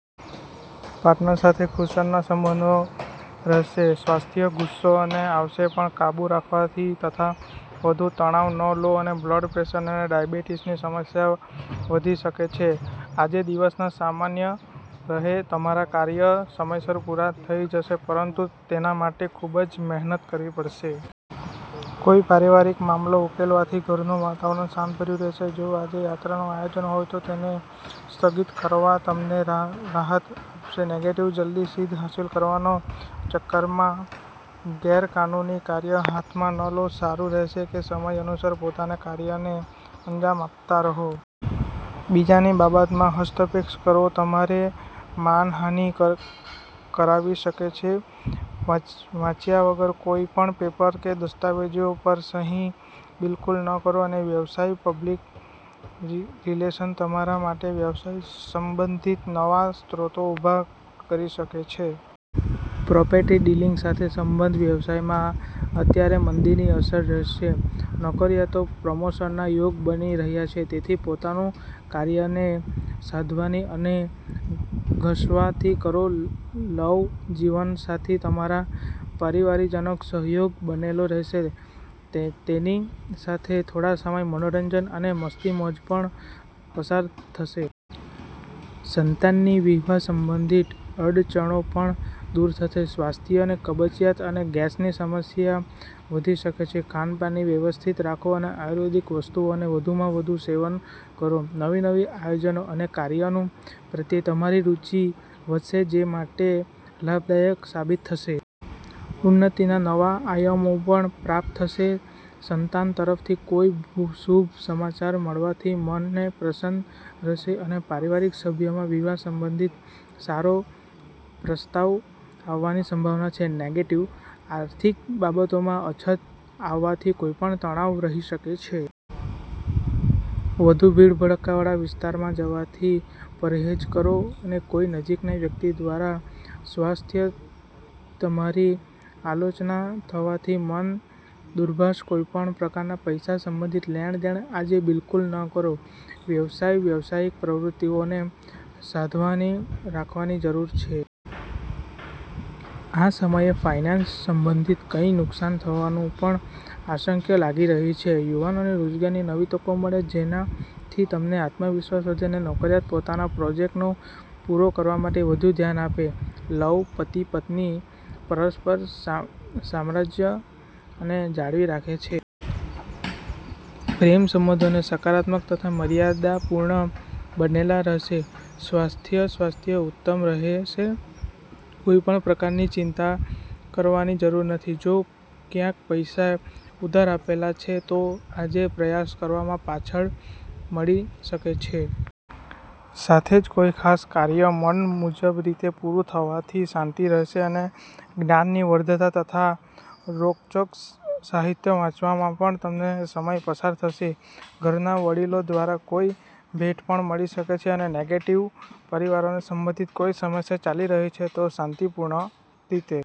Partner સાથે ખુશનુમા સંબંધો રહેશે. સ્વાસ્થ્ય:- ગુસ્સા અને આવેશ પર કાબૂ રાખો તથા વધુ તણાવ ન લો. બ્લડ પ્રેશર અને ડાયાબિટીસની સમસ્યા વધી શકે છે. આજે દિવસ સામાન્ય રહેશે. તમારા કાર્યો સમયસર પૂરા થઈ જશે, પરંતુ તેના માટે ખૂબ વધુ મહેનત કરવી પડશે. કોઈ પારિવારિક મામલો ઉકેલાવાથી ઘરનું વાતાવરણ શાંતિભર્યું રહેશે. જો આજે કોઈ યાત્રાનું આયોજન હોય, તો તેને સ્થગિત કરવો તમને રાહત આપશે. નેગેટિવ:- જલ્દી સિદ્ધિ હાંસલ કરવાના ચક્કરમાં ગેરકાનૂની કાર્ય હાથમાં ન લો. સારું રહેશે કે સમય અનુસાર પોતાના કાર્યોને અંજામ આપતા રહો. બીજાની બાબતમાં હસ્તક્ષેપ કરવો તમારી માનહાનિ કરાવી શકે છે. વાંચ્યા વગર કોઈ પણ પેપર કે દસ્તાવેજ પર સહી બિલકુલ ન કરો. વ્યવસાય:- પબ્લિક રિલેશન્સ તમારા માટે વ્યવસાય સંબંધિત નવા સ્ત્રોતો ઊભા કરી શકે છે. પ્રોપર્ટી ડીલિંગ સાથે સંબંધિત વ્યવસાયમાં અત્યારે મંદીની અસર રહેશે. નોકરીયાતોના પ્રમોશનના યોગ બની રહ્યા છે, તેથી પોતાના કાર્યોને સાવધાની અને ધગશથી કરો. લવ:- જીવનસાથી તથા પરિવારજનોનો સહયોગ બનેલો રહેશે. તેમની સાથે થોડો સમય મનોરંજન અને મોજ-મસ્તીમાં પણ પસાર થશે. સંતાનની વિવાહ સંબંધિત અડચણો પણ દૂર થશે. સ્વાસ્થ્ય:- કબજિયાત અને ગેસની સમસ્યા વધી શકે છે. ખાનપાન વ્યવસ્થિત રાખો, આયુર્વેદિક વસ્તુઓનું વધુમાં વધુ સેવન કરો. નવી-નવી યોજનાઓ અને કાર્યો પ્રત્યે તમારી રુચિ વધશે, જે તમારા માટે લાભદાયક સાબિત થશે. ઉન્નતિના નવા આયામો પણ પ્રાપ્ત થશે. સંતાન તરફથી કોઈ શુભ સમાચાર મળવાથી મન પ્રસન્ન રહેશે. કોઈ પારિવારિક સભ્યના વિવાહ સંબંધિત સારો પ્રસ્તાવ આવવાની સંભાવના છે. નેગેટિવ:- આર્થિક બાબતોમાં અછત આવવાથી કંઈક તણાવ રહી શકે છે. વધુ ભીડભાડ વાળા વિસ્તારોમાં જવાથી પરહેજ કરો. કોઈ નજીકના વ્યક્તિ દ્વારા વ્યર્થ જ તમારી આલોચના થવાથી મન દુભાશે. કોઈ પણ પ્રકારની પૈસા સંબંધિત લેણ-દેણ આજે બિલકુલ ન કરો. વ્યવસાય- વ્યાવસાયિક પ્રવૃત્તિઓમાં સાવધાની રાખવાની જરૂર છે. આ સમયે ફાઇનાન્સ સંબંધિત કંઈક નુકસાન થવાની પણ આશંકા લાગી રહી છે. યુવાનોને રોજગારની નવી તકો મળશે, જેનાથી તેમનો આત્મવિશ્વાસ વધશે. નોકરીયાત પોતાના પ્રોજેક્ટને પૂરો કરવામાં વધુ ધ્યાન આપે. લવ- પતિ-પત્ની પરસ્પર સામંજસ્ય જાળવી રાખે. પ્રેમ સંબંધો સકારાત્મક તથા મર્યાદાપૂર્ણ બનેલા રહેશે. સ્વાસ્થ્ય- સ્વાસ્થ્ય ઉત્તમ રહેશે. કોઈ પણ પ્રકારની ચિંતા કરવાની જરૂર નથી. જો ક્યાંક પૈસા ઉધાર આપેલા છે, તો આજે પ્રયાસ કરવા પર પાછા મળી શકે છે. સાથે જ કોઈ ખાસ કાર્ય મન મુજબ રીતે પૂરું થવાથી શાંતિ રહેશે. જ્ઞાનવર્ધક તથા રોચક સાહિત્ય વાંચવામાં પણ સમય પસાર થશે. ઘરના વડીલો દ્વારા કોઈ ભેટ પણ મળી શકે છે. નેગેટિવ- પરિવાર સંબંધિત કોઈ સમસ્યા ચાલી રહી છે, તો શાંતિપૂર્ણ રીતે